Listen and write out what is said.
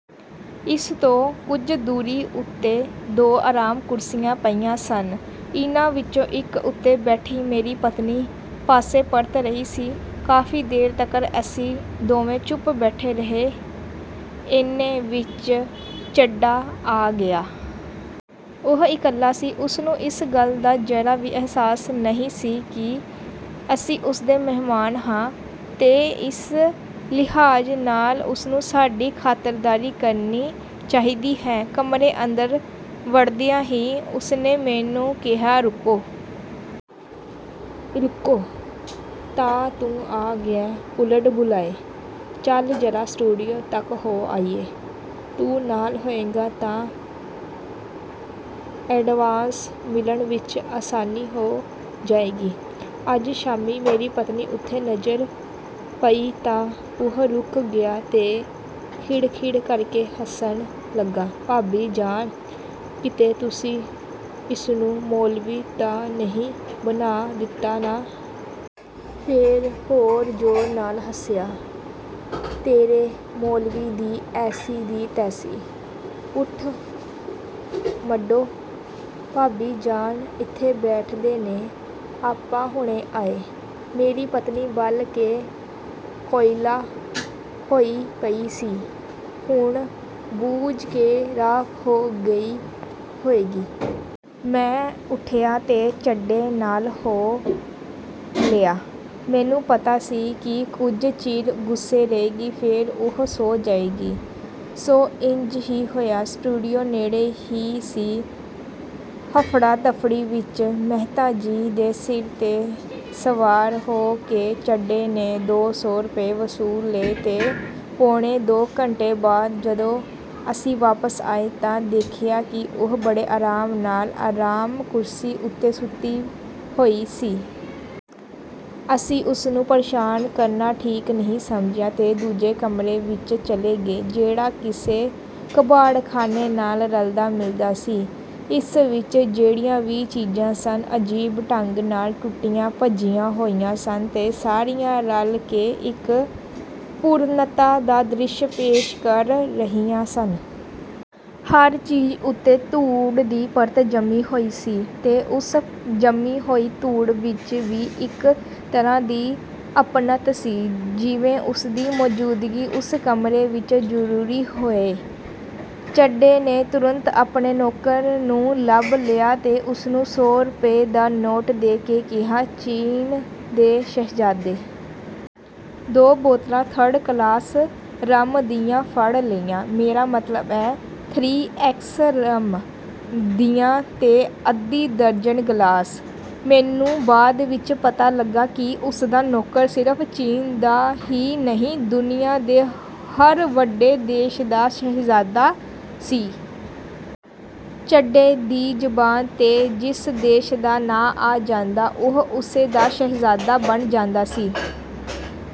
ਇਸ ਤੋਂ ਕੁਝ ਦੂਰੀ ਉੱਤੇ ਦੋ ਆਰਾਮ ਕੁਰਸੀਆਂ ਪਈਆਂ ਸਨ, ਉਹਨਾਂ ਵਿਚੋਂ ਇਕ ਉੱਤੇ ਬੈਠੀ ਮੇਰੀ ਪਤਨੀ ਪਾਸੇ ਪਰਤ ਰਹੀ ਸੀ। ਕਾਫੀ ਦੇਰ ਤਕ ਅਸੀਂ ਦੋਵੇਂ ਚੁੱਪ ਬੈਠੇ ਰਹੇ; ਏਨੇ ਵਿਚ ਚੱਡਾ ਆ ਗਿਆ। ਉਹ ਇਕੱਲਾ ਸੀ। ਉਸਨੂੰ ਇਸ ਗੱਲ ਦਾ ਜ਼ਰਾ ਵੀ ਅਹਿਸਾਸ ਨਹੀਂ ਸੀ ਕਿ ਅਸੀਂ ਉਸਦੇ ਮਹਿਮਾਨ ਹਾਂ ਤੇ ਇਸ ਲਿਹਾਜ਼ ਨਾਲ ਉਸਨੂੰ ਸਾਡੀ ਖਾਤਰਦਾਰੀ ਕਰਨੀ ਚਾਹੀਦੀ ਹੈ। ਕਮਰੇ ਅੰਦਰ ਵੜਦਿਆਂ ਹੀ ਉਸਨੇ ਮੈਨੂੰ ਕਿਹਾ, "ਰੁਕੋ! ਰੁਕੋ! ਤਾਂ ਤੂੰ ਆ ਗਿਐਂ ਓਲਡ ਬੁਆਏ! ਚੱਲ ਜ਼ਰਾ ਸਟੂਡੀਓ ਤਕ ਹੋ ਆਈਏ। ਤੂੰ ਨਾਲ ਹੋਏਂਗਾ ਤਾਂ ਐਡਵਾਂਸ ਮਿਲਣ ਵਿਚ ਆਸਾਨੀ ਹੋ ਜਾਏਗੀ। ਅੱਜ ਸ਼ਾਮੀਂ "ਮੇਰੀ ਪਤਨੀ ਉੱਤੇ ਨਜ਼ਰ ਪਈ ਤਾਂ ਉਹ ਰੁਕ ਗਿਆ ਤੇ ਖਿੜ-ਖਿੜ ਕਰਕੇ ਹੱਸਣ ਲੱਗਾ, "ਭਾਬੀ ਜਾਨ, ਕਿਤੇ ਤੁਸੀਂ ਇਸਨੂੰ ਮੌਲਵੀ ਤਾਂ ਨਹੀਂ ਬਣਾ ਦਿੱਤਾ ਨਾ? " ਫੇਰ ਹੋਰ ਜ਼ੋਰ ਨਾਲ ਹੱਸਿਆ, "ਤੇਰੇ ਮੌਲਵੀ ਦੀ ਐਸੀ ਦੀ ਤੈਸੀ! ਉੱਠ ਮਟੋ, ਭਾਬੀ ਜਾਨ ਇੱਥੇ ਬੈਠਦੇ ਨੇ, ਆਪਾਂ ਹੁਣੇ ਆਏ। " ਮੇਰੀ ਪਤਨੀ ਬਲ ਕੇ ਕੋਇਲਾ ਹੋਈ ਪਈ ਸੀ, ਹੁਣ ਬੂਝ ਕੇ ਰਾਖ ਹੋ ਗਈ ਹੋਏਗੀ। ਮੈਂ ਉੱਠਿਆ ਤੇ ਚੱਡੇ ਨਾਲ ਹੋ ਲਿਆ। ਮੈਨੂੰ ਪਤਾ ਸੀ ਕਿ ਕੁਝ ਚਿਰ ਗੁੱਸੇ ਰਹੇਗੀ ਫੇਰ ਉਹ ਸੌਂ ਜਾਏਗੀ। ਸੋ ਇੰਜ ਹੀ ਹੋਇਆ। ਸਟੂਡੀਓ ਨੇੜੇ ਹੀ ਸੀ। ਹਫ਼ੜਾ-ਦਫ਼ੜੀ ਵਿਚ ਮਹਿਤਾ ਜੀ ਦੇ ਸਿਰ 'ਤੇ ਸਵਾਰ ਹੋ ਕੇ ਚੱਢੇ ਨੇ ਦੋ ਸੌ ਰੁਪਏ ਵਸੂਲ ਲਏ ਤੇ ਪੌਣੇ ਦੋ ਘੰਟੇ ਬਾਅਦ ਜਦੋਂ ਅਸੀਂ ਵਾਪਸ ਆਏ ਤਾਂ ਦੇਖਿਆ ਕਿ ਉਹ ਬੜੇ ਆਰਾਮ ਨਾਲ, ਆਰਾਮ ਕੁਰਸੀ ਉੱਤੇ ਸੁੱਤੀ ਹੋਈ ਸੀ। ਅਸੀਂ ਉਸਨੂੰ ਪ੍ਰੇਸ਼ਾਨ ਕਰਨਾ ਠੀਕ ਨਹੀਂ ਸਮਝਿਆ ਤੇ ਦੂਜੇ ਕਮਰੇ ਵਿਚ ਚਲੇ ਗਏ, ਜਿਹੜਾ ਕਿਸੇ ਕਬਾੜਖਾਨੇ ਨਾਲ ਰਲਦਾ-ਮਿਲਦਾ ਸੀ। ਇਸ ਵਿਚ ਜਿਹੜੀਆਂ ਵੀ ਚੀਜ਼ਾਂ ਸਨ, ਅਜੀਬ ਢੰਗ ਨਾਲ ਟੁੱਟੀਆਂ-ਭੱਜੀਆਂ ਹੋਈਆਂ ਸਨ ਤੇ ਸਾਰੀਆਂ ਰਲ ਕੇ ਇਕ ਪੂਰਨਤਾ ਦਾ ਦ੍ਰਿਸ਼ ਪੇਸ਼ ਕਰ ਰਹੀਆਂ ਸਨ। ਹਰ ਚੀਜ਼ ਉੱਤੇ ਧੂੜ ਦੀ ਪਰਤ ਜੰਮੀ ਹੋਈ ਸੀ ਤੇ ਉਸ ਜੰਮੀ ਹੋਈ ਧੂੜ ਵਿਚ ਵੀ ਇਕ ਤਰ੍ਹਾਂ ਦੀ ਅਪਣੱਤ ਸੀ, ਜਿਵੇਂ ਉਸਦੀ ਮੌਜ਼ੂਦਗੀ ਉਸ ਕਮਰੇ ਵਿਚ ਜਰੂਰੀ ਹੋਏ। ਚੱਡੇ ਨੇ ਤੁਰੰਤ ਆਪਣੇ ਨੌਕਰ ਨੂੰ ਲੱਭ ਲਿਆ ਤੇ ਉਸਨੂੰ ਸੌ ਰੁਪਏ ਦਾ ਨੋਟ ਦੇ ਕੇ ਕਿਹਾ, "ਚੀਨ ਦੇ ਸ਼ਹਿਜ਼ਾਦੇ! ਦੋ ਬੋਤਲਾਂ ਥਰਡ ਕਲਾਸ ਰੰਮ ਦੀਆਂ ਫੜ ਲਿਆ। ਮੇਰਾ ਮਤਲਬ ਏ, 'ਥਰੀ ਐਕਸ ਰੰਮ' ਦੀਆਂ ਤੇ ਅੱਧੀ ਦਰਜਨ ਗਿਲਾਸ। " ਮੈਨੂੰ ਬਾਅਦ ਵਿਚ ਪਤਾ ਲੱਗਾ ਕਿ ਉਸਦਾ ਨੌਕਰ ਸਿਰਫ ਚੀਨ ਦਾ ਹੀ ਨਹੀਂ, ਦੁਨੀਆਂ ਦੇ ਹਰ ਵੱਡੇ ਦੇਸ਼ ਦਾ ਸ਼ਹਿਜ਼ਾਦਾ ਸੀ। ਚੱਡੇ ਦੀ ਜ਼ਬਾਨ 'ਤੇ ਜਿਸ ਦੇਸ਼ ਦਾ ਨਾਂਅ ਆ ਜਾਂਦਾ, ਉਹ ਉਸੇ ਦਾ ਸ਼ਹਿਜ਼ਾਦਾ ਬਣ ਜਾਂਦਾ ਸੀ।